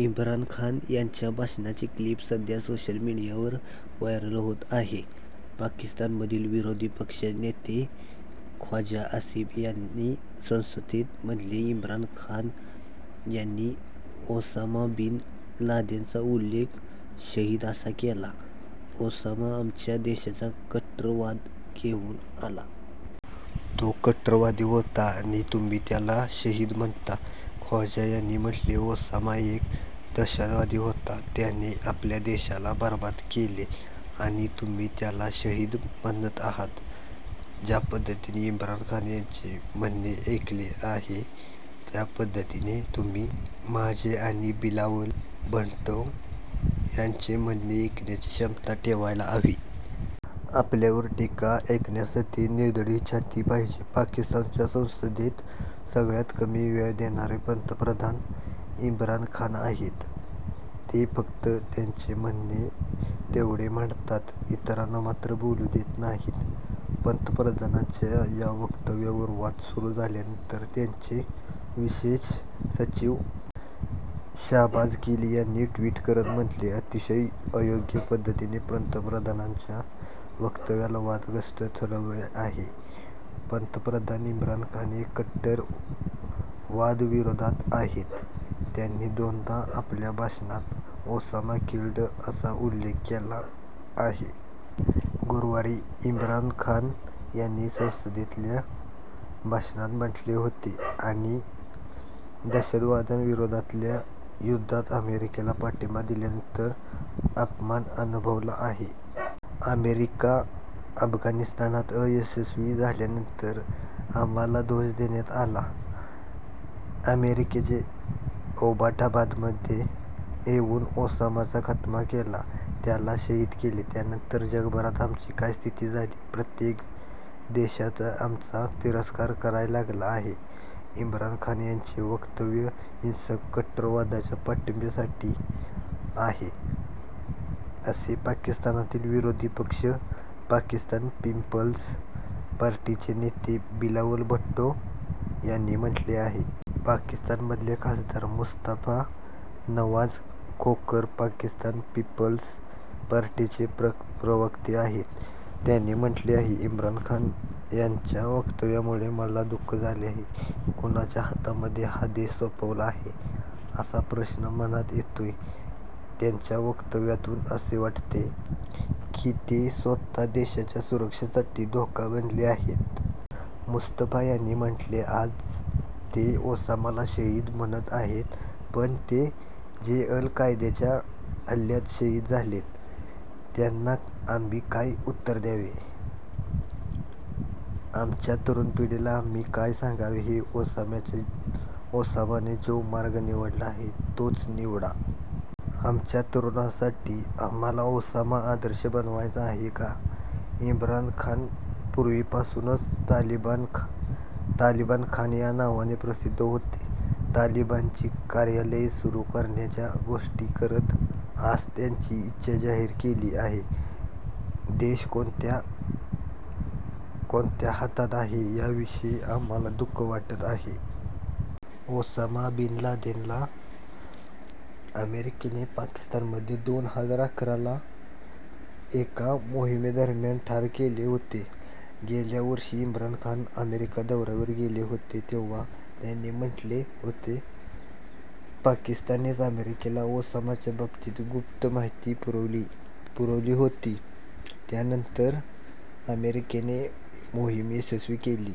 इम्रान खान यांच्या भाषणाची क्लिप सध्या सोशल मीडियावर व्हायरल होत आहे. पाकिस्तानमधील विरोधी पक्षाचे नेते ख्वाजा आसिफ यांनी संसदेत म्हटले, इम्रान खान यांनी ओसामा बिन लादेनचा उल्लेख शहीद असा केला. ओसामा आमच्या देशात कट्टरवाद घेऊन आला. तो कट्टरवादी होता आणि तुम्ही त्याला शहीद म्हणता? ख्वाजा यांनी म्हटले, ओसामा एक दहशतवादी होता. त्याने आपल्या देशाला बरबाद केले आणि तुम्ही त्याला शहीद म्हणत आहात? ज्या पद्धतीने मी इम्रान खान यांचे म्हणणे ऐकले आहे, त्याच पद्धतीने तुम्ही माझे आणि बिलावल भुट्टो यांचे म्हणणे ऐकण्याची क्षमता ठेवायला हवी. आपल्यावरील टीका ऐकण्यासाठी निधडी छाती पाहिजे. पाकिस्तानच्या संसदेत सगळ्यात कमी वेळ देणारे पंतप्रधान इम्रान खान आहेत. ते फक्त त्यांचे म्हणणे तेवढे मांडतात. इतरांना मात्र बोलू देत नाहीत. पंतप्रधानांच्या या वक्तव्यावर वाद सुरू झाल्यानंतर त्यांचे विशेष सचिव डॉ. शाहबाज गिल यांनी ट्वीट करत म्हटले, अतिशय अयोग्य पद्धतीने पंतप्रधानांच्या वक्तव्याला वादग्रस्त ठरवले जात आहे. पंतप्रधान इम्रान खान हे कट्टरवादाविरोधात आहेत. त्यांनी दोनदा आपल्या भाषणात ओसामा किल्ड असा उल्लेख केला आहे. गुरुवारी इम्रान खान यांनी संसदेतल्या भाषणात म्हटले होते, आम्ही दहशतवादाविरोधातल्या युद्धात अमेरिकेला पाठिंबा दिल्यानंतर अपमान अनुभवला आहे. अमेरिका अफगाणिस्तानात अयशस्वी झाल्यानंतर आम्हाला दोष देण्यात आला. अमेरिकेने एबोटाबादमध्ये येऊन ओसामाचा खात्मा केला, त्याला शहीद केले. त्यानंतर जगभरात आमची काय स्थिती झाली, प्रत्येक देश आमचा तिरस्कार करायला लागला आहे. इम्रान खान यांचे वक्तव्य हिंसक कट्टरवादाच्या पाठिंब्यासाठी आहे, असे पाकिस्तानातील विरोधी पक्ष पाकिस्तान पीपल्स पार्टीचे नेते बिलावल भुट्टो यांनी म्हटले आहे. पाकिस्तानमधले खासदार मुस्तफा नवाझ खोखर पाकिस्तान पीपल्स पार्टीचे प्रवक्ते आहेत. त्यांनी म्हटले आहे, इम्रान खान यांच्या वक्तव्यामुळे मला दु:ख झाले आहे. कुणाच्या हातांमध्ये हा देश सोपावला आहे, असा प्रश्न मनात येतोय. त्यांच्या वक्त्यातून असे वाटते की ते स्वतःच देशाच्या सुरक्षेसाठी धोका बनले आहेत. मुस्तफा यांनी म्हटले, आज ते ओसामाला शहीद म्हणत आहेत. पण, जे अल-कायद्याच्या हल्ल्यात शहीद झालेत, त्यांना आम्ही काय उत्तर द्यावे? आमच्या तरुण पिढीला आम्ही काय सांगावे की ओसामाने जो मार्ग निवडला, तोच निवडा? आमच्या तरुणांसाठी आम्हाला ओसामा आदर्श बनवायचा आहे का? इम्रान खान पूर्वीपासूनच तालिबान खान या नावाने प्रसिद्ध होते. ते तालिबानची कार्यालये सुरू करण्याच्या गोष्टी करत. आज त्यांनी त्यांची इच्छा जाहीर केली आहे. देश कोणत्या हातात आहे, याविषयी आम्हाला दु:ख वाटत आहे. ओसामा बिन-लादेनला अमेरिकेने पाकिस्तानमध्ये दोन हजार अकराला एका मोहिमेदरम्यान ठार केले होते. गेल्या वर्षी इम्रान खान अमेरिका दौऱ्यावर गेले होते, तेव्हा त्यांनी म्हटले होते, पाकिस्ताननेच अमेरिकेला ओसामाच्या बाबतीत गुप्त माहिती पुरवली होती. त्यानंतर अमेरिकेने मोहीम यशस्वी केली.